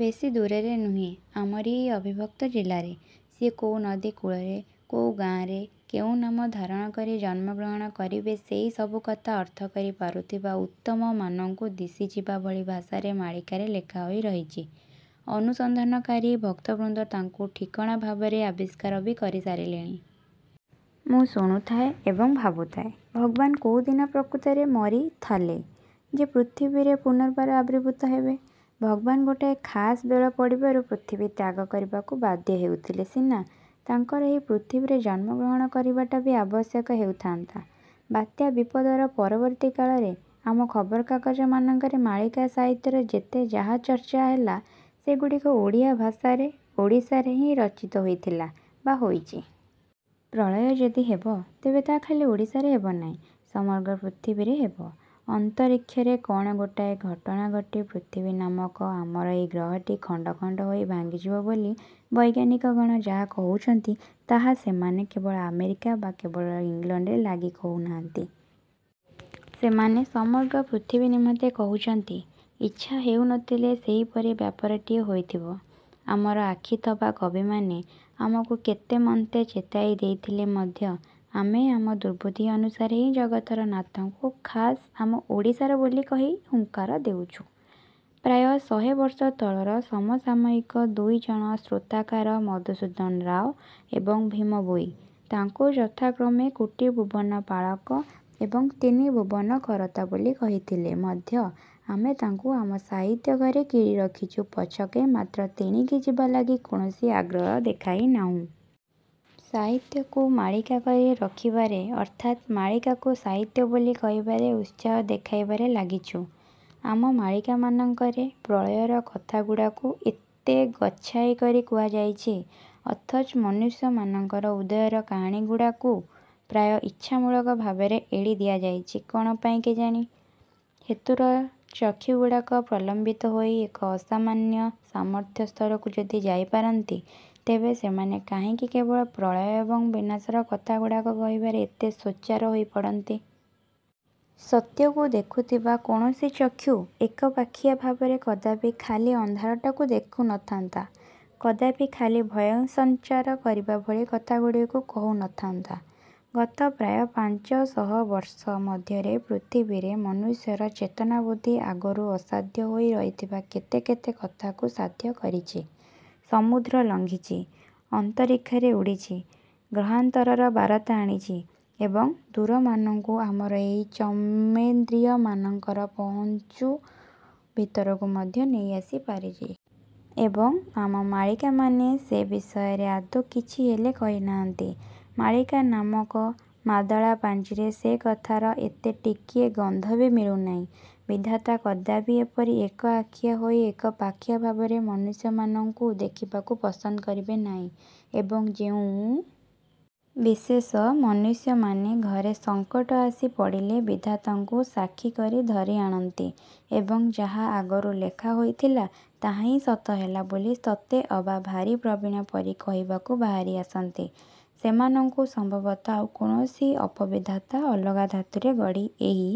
ବେଶୀ ଦୂରରେ ନୁହେଁ, ଆମରି ଏହି ଅବିଭକ୍ତ ଜିଲ୍ଲାରେ। ସିଏ କୋଉ ନଦୀ କୂଳରେ କୋଉ ଗାଆଁରେ କେଉଁ ନାମ ଧାରଣ କରି ଜନ୍ମଗ୍ରହଣ କରିବେସେହି ସବୁକଥା ଅର୍ଥ କରି ପାରୁଥିବା ଉତ୍ତମମାନଙ୍କୁ ଦିଶିଯିବା ଭଳି ଭାଷାରେ ମାଳୀକାରେ ଲେଖା ହୋଇ ରହିଛି। ଅନୁସନ୍ଧାନକାରୀ ଭକ୍ତବୃନ୍ଦ ତାଙ୍କୁ ଠିକଣା ଭାବରେ ଆବିଷ୍କାର ବି କରି ସାରିଲେଣି। ମୁଁ ଶୁଣୁଥାଏ ଏବଂ ଭାବୁଥାଏ ଭଗବାନ କୋଉଦିନ ପ୍ରକୃତରେ ମରିଥଲେ ଯେ ପୃଥିବୀରେ ପୁନର୍ବାର ଆବିର୍ଭୂତ ହେବେ। ଭଗବାନ ଗୋଟାଏ ଖାସ୍ ବେଳ ପଡ଼ିବାରୁ ପୃଥିବୀ ତ୍ୟାଗ କରିବାକୁ ବାଧ୍ୟ ହେଉଥିଲେ ସିନା ତାଙ୍କର ଏହି ପୃଥିବୀରେ ଜନ୍ମଗ୍ରହଣ କରିବାଟା ବି ଆବଶ୍ୟକ ହେଉଥାନ୍ତା। ବାତ୍ୟା ବିପଦର ପରବର୍ତ୍ତୀ କାଳରେ ଆମ ଖବରକାଗଜ ମାନଙ୍କରେ ମାଳିକା ସାହିତ୍ୟର ଯେତେ ଯାହା ଚର୍ଚ୍ଚା ହେଲା ସେଗୁଡ଼ିକ ଓଡ଼ିଆ ଭାଷାରେ ଓଡ଼ିଶାରେ ହିଁ ରଚିତ ହୋଇଥିଲା ବା ହୋଇଛି। ପ୍ରଳୟ ଯଦି ହେବ ତେବେ ତାହା ଖାଲି ଓଡ଼ିଶାରେ ହେବନାହିଁ। ସମଗ୍ର ପୃଥିବୀରେ ହେବ। ଅନ୍ତରୀକ୍ଷରେ କ'ଣ ଗୋଟାଏ ଘଟଣା ଘଟି ପୃଥିବୀ ନାମକ ଆମର ଏହି ଗ୍ରହଟି ଖଣ୍ଡ ଖଣ୍ଡ ହୋଇ ଭାଙ୍ଗିଯିବ ବୋଲି ବୈଜ୍ଞାନିକଗଣ ଯାହା କହୁଛନ୍ତି ତାହା ସେମାନେ କେବଳ ଆମେରିକା ବା କେବଳ ଇଂଲଣ୍ଡ ଲାଗି କହୁନାହାନ୍ତି। ସେମାନେ ସମଗ୍ର ପୃଥିବୀ ନିମନ୍ତେ କହୁଛନ୍ତି। ଇଚ୍ଛା ହେଉନଥିଲେ ସେହିପରି ବ୍ୟାପାରଟିଏ ହୋଇଥିବ। ଆମର ଆଖିଥବା କବିମାନେ ଆମକୁ କେତେମନ୍ତେ ଚେତାଇ ଦେଇଥିଲେ ମଧ୍ୟ ଆମେ ଆମ ଦୁର୍ବୁଦ୍ଧି ଅନୁସାରେ ହିଁ ଜଗତର ନାଥଙ୍କୁ ଖାସ୍ ଆମ ଓଡ଼ିଶାର ବୋଲି କହି ହୁଙ୍କାର ଦେଉଛୁ। ପ୍ରାୟ ଶହେ ବର୍ଷ ତଳର ସମସାମୟିକ ଦୁଇଜଣ ସ୍ତ୍ରୋତ୍ରକାର ମଧୁସୂଦନ ରାଓ ଏବଂ ଭୀମ ଭୋଇ, ତାଙ୍କୁ ଯଥାକ୍ରମେ କୋଟିଭୁବନପାଳକ ଏବଂ ତିନି ଭୁବନକରତା ବୋଲି କହିଥିଲେ ମଧ୍ୟ ଆମେ ତାଙ୍କୁ ଆମ ସାହିତ୍ୟଘରେ କିଳି ରଖିଛୁ ପଛକେ ମାତ୍ର ତେଣିକି ଯିବା ଲାଗି କୌଣସି ଆଗ୍ରହ ଦେଖାଇନାହୁଁ। ସାହିତ୍ୟକୁ ମାଳିକା କରି ରଖିବାରେ ଅର୍ଥାତ୍ ମାଳିକାକୁ ସାହିତ୍ୟ ବୋଲି କହିବାରେ ଉତ୍ସାହ ଦେଖାଇବାରେ ଲାଗିଛୁ। ଆମ ମାଳିକାମାନଙ୍କରେ ପ୍ରଳୟର କଥାଗୁଡ଼ାକୁ ଏତେ ଗଚ୍ଛାଇ କରି କୁହାଯାଇଛି, ଅଥଚ ମନୁଷ୍ୟମାନଙ୍କର ଉଦୟର କାହାଣୀଗୁଡ଼ାକୁ ପ୍ରାୟ ଇଚ୍ଛାମୂଳକ ଭାବରେ ଏଡ଼ି ଦିଆଯାଇଛି କ'ଣ ପାଇଁ କେଜାଣି? ହେତୁର ଚକ୍ଷୁଗୁଡ଼ାକ ପ୍ରଲମ୍ବିତ ହୋଇ ଏକ ଅସାମାନ୍ୟ ସାମର୍ଥ୍ୟସ୍ତରକୁ ଯଦି ଯାଇପାରନ୍ତି, ତେବେ ସେମାନେ କାହିଁକି କେବଳ ପ୍ରଳୟ ଏବଂ ବିନାଶର କଥାଗୁଡ଼ାକ କହିବାରେ ଏତେ ସୋଚ୍ଚାର ହୋଇପଡ଼ନ୍ତି? ସତ୍ୟକୁ ଦେଖୁଥବା କୌଣସି ଚକ୍ଷୁ ଏକପାଖିଆ ଭାବରେ କଦାପି ଖାଲି ଅନ୍ଧାରଟାକୁ ଦେଖୁନଥାନ୍ତା, କଦାପି ଖାଲି ଭୟସଂଚାର କରିବା ଭଳି କଥାଗୁଡ଼ିକୁ କହୁନଥାନ୍ତା। ଗତ ପ୍ରାୟ ପାଂଚଶହ ବର୍ଷ ମଧ୍ୟରେ ପୃଥିବୀରେ ମନୁଷ୍ୟର ଚେତନାବୁଦ୍ଧି ଆଗରୁ ଅସାଧ୍ୟ ହୋଇ ରହିଥିବା କେତେ କେତେ କଥାକୁ ସାଧ୍ୟ କରିଛି; ସମୁଦ୍ର ଲଂଘିଛି, ଅନ୍ତରୀକ୍ଷରେ ଉଡ଼ିଛି, ଗ୍ରହାନ୍ତରର ବାରତା ଆଣିଛି ଏବଂ ଦୂରମାନଙ୍କୁ ଆମର ଏହି ଚର୍ମେନ୍ଦ୍ରିୟମାନଙ୍କର ପହୁଞ୍ଚ ଭିତରକୁ ମଧ୍ୟ ନେଇ ଆସି ପାରିଛି। ଏବଂ, ଆମ ମାଳିକାମାନେ ସେ ବିଷୟରେ ଆଦୌ କିଛି ହେଲେ କହିନାହାନ୍ତି। ମାଳିକା ନାମକ ମାଦଳା ପାଞ୍ଜିରେ ସେକଥାର ଏତେ ଟିକିଏ ଗନ୍ଧ ବି ମିଳୁନାହିଁ। ବିଧାତା କଦାପି ଏପରି ଏକଆଖିଆ ହୋଇ ଏକପାଖିଆ ଭାବରେ ମନୁଷ୍ୟମାନଙ୍କୁ ଦେଖିବାକୁ ପସନ୍ଦ କରିବେ ନାହିଁ। ଏବଂ ଯେଉଁ ବିଶେଷ ମନୁଷ୍ୟମାନେ ଘରେ ସଂକଟ ଆସି ପଡ଼ିଲେ ବିଧାତାଙ୍କୁ ସାକ୍ଷୀ କରି ଧରିଆଣନ୍ତି ଏବଂ ଯାହା ଆଗରୁ ଲେଖା ହୋଇଥିଲା ତାହା ହିଁ ସତ ହେଲା ବୋଲି ସତେ ଅବା ଭାରି ପ୍ରବୀଣ ପରି କହିବାକୁ ବାହାରି ଆସନ୍ତି ସେମାନଙ୍କୁ ସମ୍ଭବତଃ ଆଉ କୌଣସି ଅପବିଧାତା ଅଲଗା ଧାତୁରେ ଗଢ଼ି ଏହି